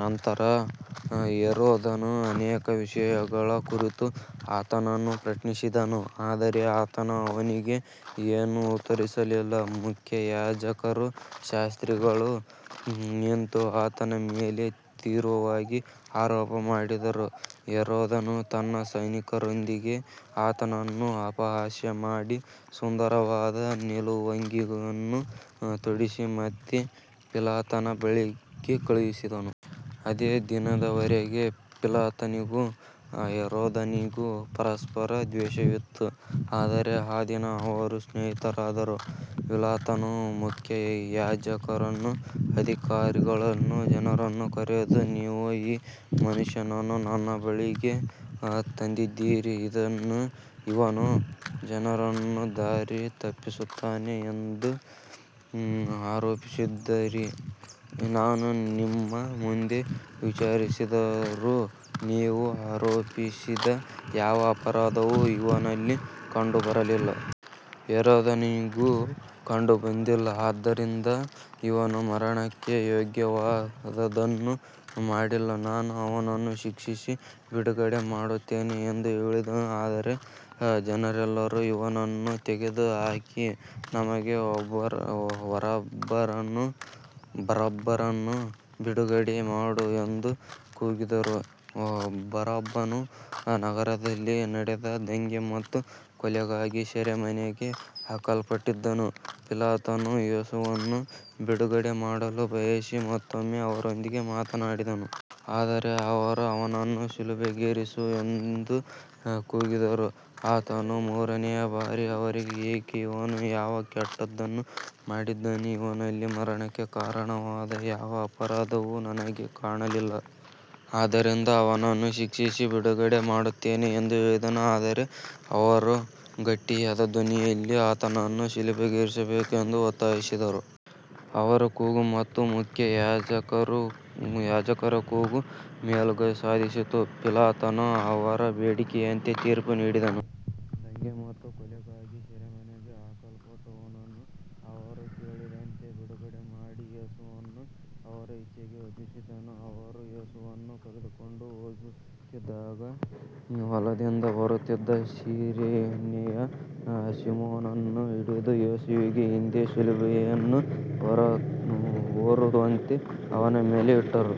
ನಂತರ ಹೆರೋದನು ಅನೇಕ ವಿಷಯಗಳ ಕುರಿತು ಆತನನ್ನು ಪ್ರಶ್ನಿಸಿದನು, ಆದರೆ ಆತನು ಅವನಿಗೆ ಏನೂ ಉತ್ತರಿಸಲಿಲ್ಲ. ಮುಖ್ಯಯಾಜಕರೂ ಶಾಸ್ತ್ರಿಗಳೂ ನಿಂತು ಆತನ ಮೇಲೆ ತೀವ್ರವಾಗಿ ಆರೋಪ ಮಾಡಿದರು. ಹೆರೋದನು ತನ್ನ ಸೈನಿಕರೊಂದಿಗೆ ಆತನನ್ನು ಅಪಹಾಸ್ಯ ಮಾಡಿ, ಸುಂದರವಾದ ನಿಲುವಂಗಿಯನ್ನು ತೊಡಿಸಿ ಮತ್ತೆ ಪಿಲಾತನ ಬಳಿಗೆ ಕಳುಹಿಸಿದನು. ಅದೇ ದಿನದವರೆಗೆ ಪಿಲಾತನಿಗೂ ಹೆರೋದನಿಗೂ ಪರಸ್ಪರ ದ್ವೇಷವಿತ್ತು, ಆದರೆ ಆ ದಿನ ಅವರು ಸ್ನೇಹಿತರಾದರು. ಪಿಲಾತನು ಮುಖ್ಯಯಾಜಕರನ್ನೂ ಅಧಿಕಾರಿಗಳನ್ನೂ ಜನರನ್ನೂ ಕರೆದು, ನೀವು ಈ ಮನುಷ್ಯನನ್ನು ನನ್ನ ಬಳಿಗೆ ತಂದಿದ್ದೀರಿ. ಇವನು ಜನರನ್ನು ದಾರಿ ತಪ್ಪಿಸುತ್ತಾನೆ ಎಂದು ಆರೋಪಿಸಿದ್ದೀರಿ. ನಾನು ನಿಮ್ಮ ಮುಂದೆ ವಿಚಾರಿಸಿದರೂ ನೀವು ಆರೋಪಿಸಿದ ಯಾವ ಅಪರಾಧವೂ ಇವನಲ್ಲಿ ಕಂಡುಬರಲಿಲ್ಲ. ಹೆರೋದನಿಗೂ ಕಂಡುಬಂದಿಲ್ಲ. ಆದ್ದರಿಂದ ಇವನು ಮರಣಕ್ಕೆ ಯೋಗ್ಯವಾದದ್ದನ್ನು ಮಾಡಿಲ್ಲ. ನಾನು ಅವನನ್ನು ಶಿಕ್ಷಿಸಿ ಬಿಡುಗಡೆ ಮಾಡುತ್ತೇನೆ ಎಂದು ಹೇಳಿದನು. ಆದರೆ ಜನರೆಲ್ಲರೂ, ಇವನನ್ನು ತೆಗೆದುಹಾಕಿ, ನಮಗೆ ಬರಬ್ಬನನ್ನು ಬಿಡುಗಡೆ ಮಾಡು ಎಂದು ಕೂಗಿದರು. ಬರಬ್ಬನು ನಗರದಲ್ಲಿ ನಡೆದ ದಂಗೆ ಮತ್ತು ಕೊಲೆಗಾಗಿ ಸೆರೆಮನೆಗೆ ಹಾಕಲ್ಪಟ್ಟಿದ್ದನು. ಪಿಲಾತನು ಯೇಸುವನ್ನು ಬಿಡುಗಡೆಮಾಡಲು ಬಯಸಿ ಮತ್ತೊಮ್ಮೆ ಅವರೊಂದಿಗೆ ಮಾತನಾಡಿದನು. ಆದರೆ ಅವರು, ಅವನನ್ನು ಶಿಲುಬೆಗೇರಿಸು ಎಂದು ಕೂಗಿದರು. ಆತನು ಮೂರನೆಯ ಬಾರಿ ಅವರಿಗೆ, ಏಕೆ, ಇವನು ಯಾವ ಕೆಟ್ಟದ್ದನ್ನು ಮಾಡಿದ್ದಾನೆ. ಇವನಲ್ಲಿ ಮರಣಕ್ಕೆ ಕಾರಣವಾದ ಯಾವ ಅಪರಾಧವೂ ನನಗೆ ಕಾಣಲಿಲ್ಲ. ಆದ್ದರಿಂದ ಅವನನ್ನು ಶಿಕ್ಷಿಸಿ ಬಿಡುಗಡೆ ಮಾಡುತ್ತೇನೆ ಎಂದು ಹೇಳಿದನು. ಆದರೆ ಅವರು ಗಟ್ಟಿಯಾದ ಧ್ವನಿಯಲ್ಲಿ ಆತನನ್ನು ಶಿಲುಬೆಗೇರಿಸಬೇಕೆಂದು ಒತ್ತಾಯಿಸಿದರು. ಅವರ ಕೂಗು ಮತ್ತು ಮುಖ್ಯಯಾಜಕರ ಕೂಗು ಮೇಲುಗೈ ಸಾಧಿಸಿತು. ಪಿಲಾತನು ಅವರ ಬೇಡಿಕೆಯಂತೆ ತೀರ್ಪು ನೀಡಿದನು. ದಂಗೆ ಮತ್ತು ಕೊಲೆಗಾಗಿ ಸೆರೆಮನೆಗೆ ಹಾಕಲ್ಪಟ್ಟವನನ್ನು ಅವರು ಕೇಳಿದಂತೆ ಬಿಡುಗಡೆಮಾಡಿ, ಯೇಸುವನ್ನು ಅವರ ಇಚ್ಛೆಗೆ ಒಪ್ಪಿಸಿದನು. ಅವರು ಯೇಸುವನ್ನು ಕರೆದುಕೊಂಡು ಹೋಗುತ್ತಿದ್ದಾಗ, ಹೊಲದಿಂದ ಬರುತ್ತಿದ್ದ ಸಿರೇನೆಯ ಸೀಮೋನನನ್ನು ಹಿಡಿದು, ಯೇಸುವಿನ ಹಿಂದೆ ಶಿಲುಬೆಯನ್ನು ಹೊರುವಂತೆ ಅವನ ಮೇಲೆ ಇಟ್ಟರು.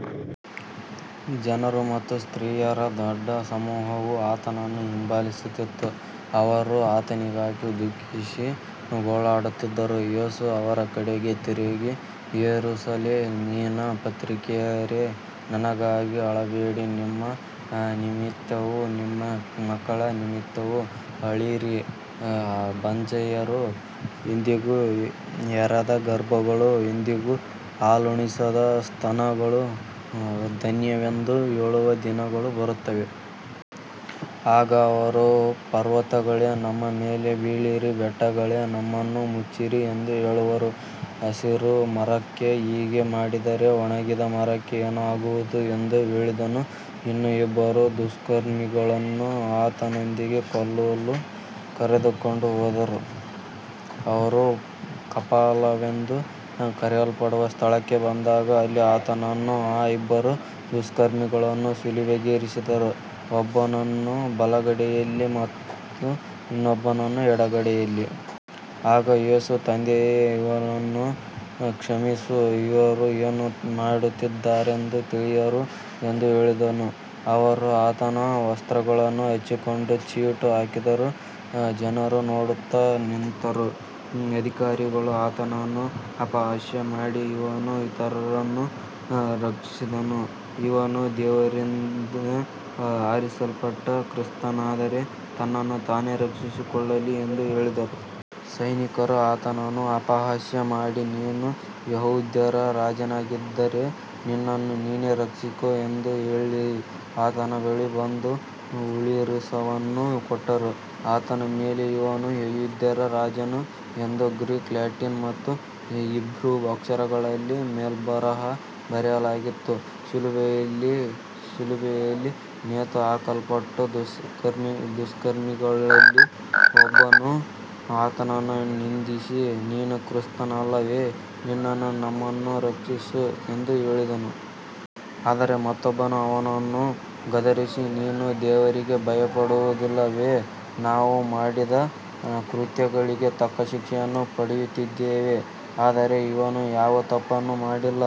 ಜನರ ಮತ್ತು ಸ್ತ್ರೀಯರ ದೊಡ್ಡ ಸಮೂಹವು ಆತನನ್ನು ಹಿಂಬಾಲಿಸುತ್ತಿತ್ತು. ಅವರು ಆತನಿಗಾಗಿ ದುಃಖಿಸಿ ಗೋಳಾಡುತ್ತಿದ್ದರು. ಯೇಸು ಅವರ ಕಡೆಗೆ ತಿರುಗಿ, ಯೆರೂಸಲೇಮಿನ ಪುತ್ರಿಯರೇ, ನನಗಾಗಿ ಅಳಬೇಡಿ, ನಿಮ್ಮ ನಿಮಿತ್ತವೂ ನಿಮ್ಮ ಮಕ್ಕಳ ನಿಮಿತ್ತವೂ ಅಳಿರಿ. ಬಂಜೆಯರೂ, ಎಂದಿಗೂ ಹೆರದ ಗರ್ಭಗಳೂ, ಎಂದಿಗೂ ಹಾಲುಣಿಸದ ಸ್ತನಗಳೂ ಧನ್ಯವೆಂದು ಹೇಳುವ ದಿನಗಳು ಬರುತ್ತವೆ. ಆಗ ಅವರು ಪರ್ವತಗಳೇ, ನಮ್ಮ ಮೇಲೆ ಬೀಳಿರಿ, ಬೆಟ್ಟಗಳೇ, ನಮ್ಮನ್ನು ಮುಚ್ಚಿರಿ ಎಂದು ಹೇಳುವರು. ಹಸಿರು ಮರಕ್ಕೆ ಹೀಗೆ ಮಾಡಿದರೆ ಒಣಗಿದ ಮರಕ್ಕೆ ಏನಾಗುವುದು ಎಂದು ಹೇಳಿದನು. ಇನ್ನೂ ಇಬ್ಬರು ದುಷ್ಕರ್ಮಿಗಳನ್ನು ಆತನೊಂದಿಗೆ ಕೊಲ್ಲಲು ಕರೆದುಕೊಂಡು ಹೋದರು. ಅವರು ಕಪಾಲವೆಂದು ಕರೆಯಲ್ಪಡುವ ಸ್ಥಳಕ್ಕೆ ಬಂದಾಗ, ಅಲ್ಲಿ ಆತನನ್ನೂ ಆ ಇಬ್ಬರು ದುಷ್ಕರ್ಮಿಗಳನ್ನೂ ಶಿಲುಬೆಗೇರಿಸಿದರು, ಒಬ್ಬನನ್ನು ಬಲಗಡೆಯಲ್ಲಿ ಮತ್ತು ಇನ್ನೊಬ್ಬನನ್ನು ಎಡಗಡೆಯಲ್ಲಿ. ಆಗ ಯೇಸು, ತಂದೆಯೇ, ಇವರನ್ನು ಕ್ಷಮಿಸು, ಇವರು ಏನು ಮಾಡುತ್ತಿದ್ದಾರೆಂದು ತಿಳಿಯರು ಎಂದು ಹೇಳಿದನು. ಅವರು ಆತನ ವಸ್ತ್ರಗಳನ್ನು ಹಂಚಿಕೊಂಡು ಚೀಟು ಹಾಕಿದರು. ಜನರು ನೋಡುತ್ತಾ ನಿಂತರು. ಅಧಿಕಾರಿಗಳೂ ಆತನನ್ನು ಅಪಹಾಸ್ಯ ಮಾಡಿ, ಇವನು ಇತರರನ್ನು ರಕ್ಷಿಸಿದನು. ಇವನು ದೇವರಿಂದ ಆರಿಸಲ್ಪಟ್ಟ ಕ್ರಿಸ್ತನಾದರೆ ತನ್ನನ್ನು ತಾನೇ ರಕ್ಷಿಸಿಕೊಳ್ಳಲಿ ಎಂದು ಹೇಳಿದರು. ಸೈನಿಕರೂ ಆತನನ್ನು ಅಪಹಾಸ್ಯ ಮಾಡಿ, ನೀನು ಯೆಹೂದ್ಯರ ರಾಜನಾಗಿದ್ದರೆ ನಿನ್ನನ್ನು ನೀನೇ ರಕ್ಷಿಸಿಕೋ ಎಂದು ಹೇಳಿ ಆತನ ಬಳಿಗೆ ಬಂದು ಹುಳಿರಸವನ್ನು ಕೊಟ್ಟರು. ಆತನ ಮೇಲೆ, ಇವನು ಯೆಹೂದ್ಯರ ರಾಜನು ಎಂದು ಗ್ರೀಕ್, ಲ್ಯಾಟಿನ್ ಮತ್ತು ಹೀಬ್ರೂ ಅಕ್ಷರಗಳಲ್ಲಿ ಮೇಲ್ಬರಹ ಬರೆಯಲಾಗಿತ್ತು. ಶಿಲುಬೆಯಲ್ಲಿ ನೇತುಹಾಕಲ್ಪಟ್ಟ ದುಷ್ಕರ್ಮಿಗಳಲ್ಲಿ ಒಬ್ಬನು ಆತನನ್ನು ನಿಂದಿಸಿ, ನೀನು ಕ್ರಿಸ್ತನಲ್ಲವೇ, ನಿನ್ನನ್ನೂ ನಮ್ಮನ್ನೂ ರಕ್ಷಿಸು ಎಂದು ಹೇಳಿದನು. ಆದರೆ ಮತ್ತೊಬ್ಬನು ಅವನನ್ನು ಗದರಿಸಿ, ನೀನು ದೇವರಿಗೆ ಭಯಪಡುವುದಿಲ್ಲವೇ. ನಾವು ಮಾಡಿದ ಕೃತ್ಯಗಳಿಗೆ ತಕ್ಕ ಶಿಕ್ಷೆಯನ್ನು ಪಡೆಯುತ್ತಿದ್ದೇವೆ. ಆದರೆ ಇವನು ಯಾವ ತಪ್ಪನ್ನೂ ಮಾಡಿಲ್ಲ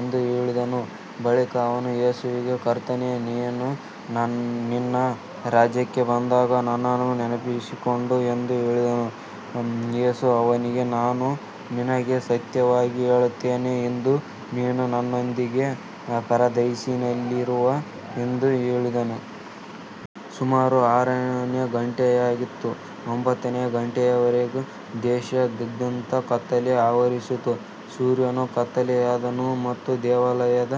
ಎಂದು ಹೇಳಿದನು. ಬಳಿಕ ಅವನು ಯೇಸುವಿಗೆ, ಕರ್ತನೇ, ನೀನು ನಿನ್ನ ರಾಜ್ಯಕ್ಕೆ ಬಂದಾಗ ನನ್ನನ್ನು ನೆನಪಿಸಿಕೋ ಎಂದು ಹೇಳಿದನು. ಯೇಸು ಅವನಿಗೆ, ನಾನು ನಿನಗೆ ಸತ್ಯವಾಗಿ ಹೇಳುತ್ತೇನೆ, ಇಂದು ನೀನು ನನ್ನೊಂದಿಗೆ ಪರದೈಸಿನಲ್ಲಿರುವೆ ಎಂದು ಹೇಳಿದನು. ಸುಮಾರು ಆರನೇ ಗಂಟೆಯಾಗಿತ್ತು. ಒಂಬತ್ತನೇ ಗಂಟೆಯವರೆಗೆ ದೇಶದಾದ್ಯಂತ ಕತ್ತಲೆ ಆವರಿಸಿತು. ಸೂರ್ಯನು ಕತ್ತಲೆಯಾದನು ಮತ್ತು ದೇವಾಲಯದ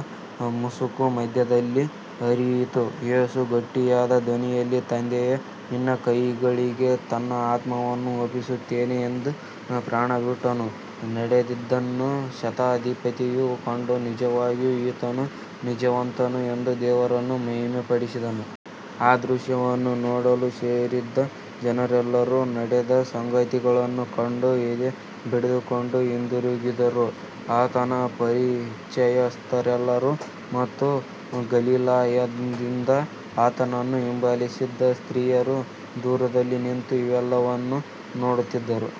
ಮುಸುಕು ಮಧ್ಯದಲ್ಲಿ ಹರಿಯಿತು. ಯೇಸು ಗಟ್ಟಿಯಾದ ಧ್ವನಿಯಲ್ಲಿ, ತಂದೆಯೇ, ನಿನ್ನ ಕೈಗಳಿಗೆ ನನ್ನ ಆತ್ಮವನ್ನು ಒಪ್ಪಿಸುತ್ತೇನೆ ಎಂದು ಹೇಳಿ ಪ್ರಾಣಬಿಟ್ಟನು. ನಡೆದದ್ದನ್ನು ಶತಾಧಿಪತಿಯು ಕಂಡು, ನಿಜವಾಗಿಯೂ ಈತನು ನೀತಿವಂತನು ಎಂದು ದೇವರನ್ನು ಮಹಿಮೆಪಡಿಸಿದನು. ಆ ದೃಶ್ಯವನ್ನು ನೋಡಲು ಸೇರಿದ್ದ ಜನರೆಲ್ಲರೂ ನಡೆದ ಸಂಗತಿಗಳನ್ನು ಕಂಡು ಎದೆ ಬಡಿದುಕೊಂಡು ಹಿಂದಿರುಗಿದರು. ಆತನ ಪರಿಚಯಸ್ಥರೆಲ್ಲರೂ ಮತ್ತು ಗಲಿಲಾಯದಿಂದ ಆತನನ್ನು ಹಿಂಬಾಲಿಸಿದ್ದ ಸ್ತ್ರೀಯರೂ ದೂರದಲ್ಲಿ ನಿಂತು ಇವೆಲ್ಲವನ್ನೂ ನೋಡುತ್ತಿದ್ದರು.